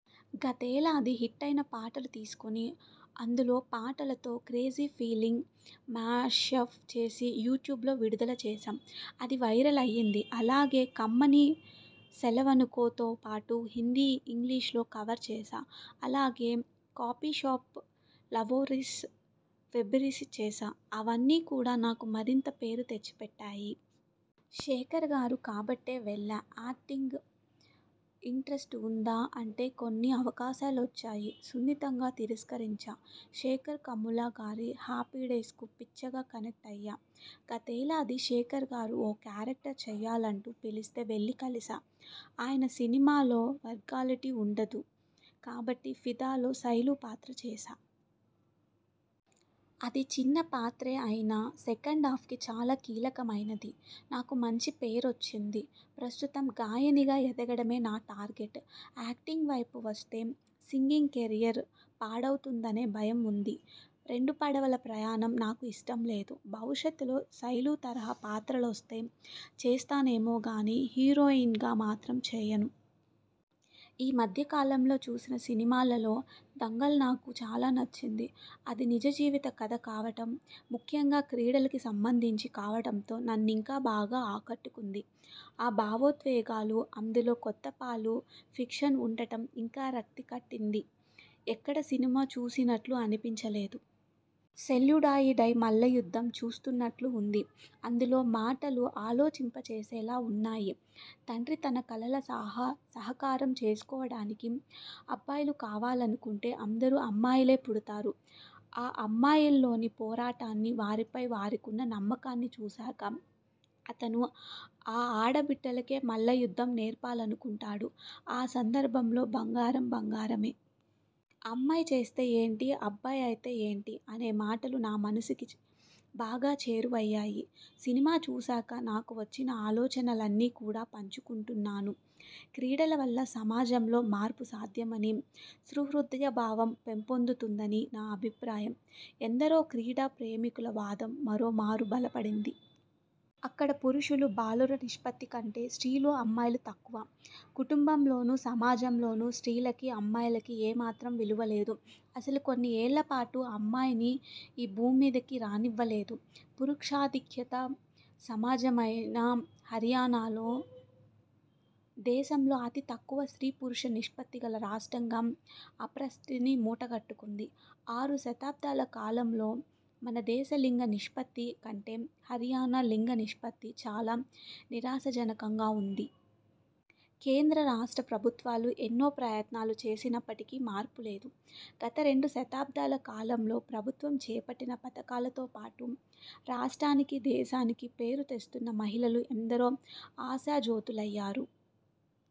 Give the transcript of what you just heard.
గతేడాది హిట్టైన పాటలు తీసుకుని అందులో పాటలతో 'క్రేజీ ఫీలింగ్' 'మ్యాషప్' చేసి యూ ట్యూబ్లో విడుదల చేశాం. అది వైరల్ అయింది. అలాగే 'కమ్మనీ', 'సెలవనుకో'తోపాటు హిందీ, ఇంగ్లి్షలో కవర్స్ చేశా. అలాగే 'కాఫీషాప్ లవ్స్టోరీస్' వెబ్సిరీస్ చేశా. అవన్నీ కూడా నాకు మరింత పేరు తెచ్చిపెట్టాయి. శేఖర్గారు కాబట్టే వెళ్లా యాక్టింగ్ ఇంట్రెస్ట్ ఉందా అంటే కొన్ని అవకాశాలొచ్చాయి. సున్నితంగా తిరస్కరించా. శేఖర్ కమ్ములగారి 'హ్యాపీడే్స'కి పిచ్చగా కనెక్ట్ అయ్యా. గతేడాది శేఖర్గారు ఓ క్యారెక్టర్ చెయ్యాలంటూ పిలిస్తే వెళ్లి కలిశా. ఆయన సినిమాల్లో వల్గారిటీ ఉండదు కాబట్టి 'ఫిదా'లో శైలూ పాత్ర చేశా. అది చిన్న పాత్రే అయినా సెకెండా్ఫకి చాలా కీలకమైనది. నాకూ మంచి పేరొచ్చింది. ప్రస్తుతం గాయనిగా ఎదగడమే నా టార్గెట్. యాక్టింగ్ వైపు వస్తే సింగింగ్ కెరీర్ పాడవుతుందనే భయం ఉంది. రెండు పడవల ప్రయాణం నాకు ఇష్టం లేదు. భవిష్యత్తులో శైలూ తరహా పాత్రలు వస్తే చేస్తానేమో కానీ హీరోయిన్గా మాత్రం చెయ్యను. ఈ మధ్య కాలంలో చూసిన సినిమాల్లో దంగల్ నాకు చాలా నచ్చింది. అది నిజ జీవిత కథ కావడం. ముఖ్యంగా క్రీడలకి సంబంధించి కావడంతో నన్ను ఇంకా బాగా ఆకట్టుకుంది. ఆ భావోద్వేగాలు, అందులో కొంతపాలు ఫిక్షన్ ఉండడం ఇంకా రక్తి కట్టింది. ఎక్కడా సినిమా చూస్తున్నట్టు అనిపించ లేదు. సెల్యులాయిడ్పై మల్లయుద్ధం చూస్తున్నట్టు ఉంది. అందులో మాటలు ఆలోచింప చేసేలా ఉన్నాయి. తండ్రి తన కలలు సాకారం చేసుకోవడానికి అబ్బాయి కావాలనుకుంటే అందరూ అమ్మాయిలే పుడతారు. ఆ అమ్మాయిల్లోని పోరాటాన్ని, వారిపై వారికున్న నమ్మకాన్ని చూసాకా, అతను ఆ ఆడ బిడ్డలకే మల్లయుద్ధం నేర్పాలనుకుంటాడు. ఆ సందర్భంలో ''బంగారం బంగారమే. అమ్మాయి తెస్తే ఏంటి? అబ్బాయి అయితే ఏంటి? '' అనే మాటలు నా మనసుకి బాగా చేరువయ్యాయి. సినిమా చూసాక నాకు వచ్చిన ఆలోచనల్ని ఇలా పంచుకుంటున్నాను. క్రీడల వల్ల సమాజంలో మార్పు సాధ్యమనీ, సుహృద్భావం పెంపొందుతుందనీ నా అభిప్రాయం, ఎందరో క్రీడా ప్రేమికుల వాదం మరో మారు బలపడింది. అక్కడ పురుషులూ, బాలుర నిష్పత్తికంటే స్త్రీలు అమ్మాయిలు తక్కువ. కుటుంబంలోనూ, సమాజంలోనూ స్త్రీలకీ, అమ్మాయిలకీ ఏమాత్రం విలువలేదు. అసలు కొన్ని ఏళ్లపాటు అమ్మాయిలని భూమ్మీదకి రానీయలేదు పురుషాధిక్య సమాజమైన హర్యానాలో! దేశంలో అతి తక్కువ స్త్రీ పురుష నిష్పత్తిగల రాష్ట్రంగా అప్రతిష్ఠని మూటగట్టుకుంది. ఆరు దశాబ్దాల కాలంలో మన దేశ లింగ నిష్పత్తి కంటే హర్యానా లింగనిష్పత్తి చాలా నిరాశాజనకంగా ఉంది. కేంద్ర, రాష్ట్ర ప్రభుత్వాలు ఎన్నో ప్రయత్నాలు చేసినప్పటికీ మార్పు లేదు. గత రెండు దశాబ్దాల కాలంలో ప్రభుత్వం చేపట్టిన పథకాలతో పాటు; రాష్ట్రానికీ, దేశానికీ పేరుతెస్తున్న మహిళలు ఎందరో ఆశాజ్యోతులయ్యారు.